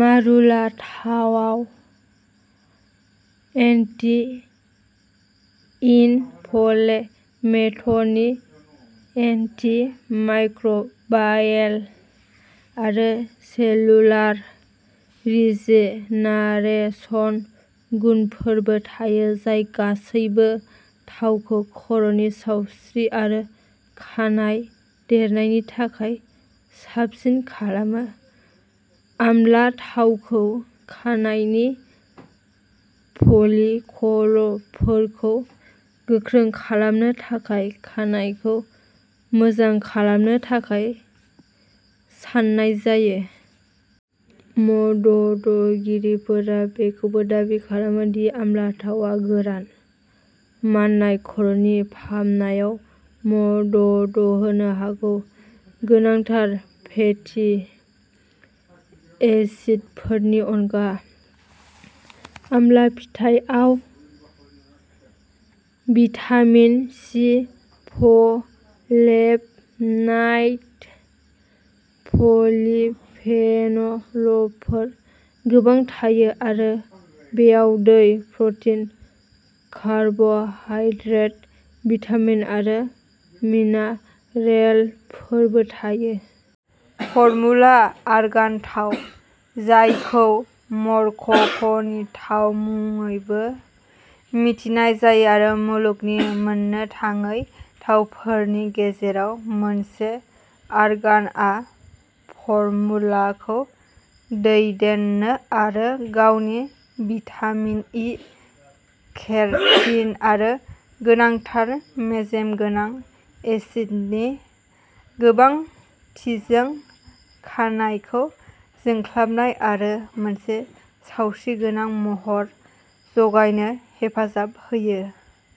मारुला थावाव anti-inflammatory, anti-microbial आरो cellular regeneration गुनफोरबो थायो, जाय गासैबो थावखौ खर'नि सावस्रि आरो खानाइ देरनायनि थाखाय साबसिन खालामो। आमला थावखौ खानाइनि फलिकलफोरखौ गोख्रों खालामनो आरो खानाइखौ मोजां खालामनो थाखाय साननाय जायो। मददगिरिफोरा बेखौबो दाबि खालामो दि आमला थावआ गोरान, माननाय खर'नि फाहामनायाव मदद होनो हागौ। गोनांथार फेटि एसिडफोरनि अनगा, आमला फिथाइआव भिटामिन सि, फ्लेभ'नायड, पलिफेनलफोर गोबां थायो आरो बेयाव दै, प्र'टिन, कार्ब'हाइड्रेट, भिटामिन आरो मिनारेलफोरबो थायो। फर्मुला आरगान थाव-जायखौ'मरक्क'नि थाव'मुङैबो मिथिनाय जायो आरो मुलुगनि मोननो थाङै थावफोरनि गेजेराव मोनसे, आरगानआ फर्मुलाखौ दैदेनो आरो गावनि भिटामिन इ, केर'टिन आरो गोनांथार मेजेम गोनां एसिडनि गोबांथिजों खानाइखौ जोंख्लाबनाय आरो मोनसे सावस्रिगोनां महर जगायनो हेफाजाब होयो।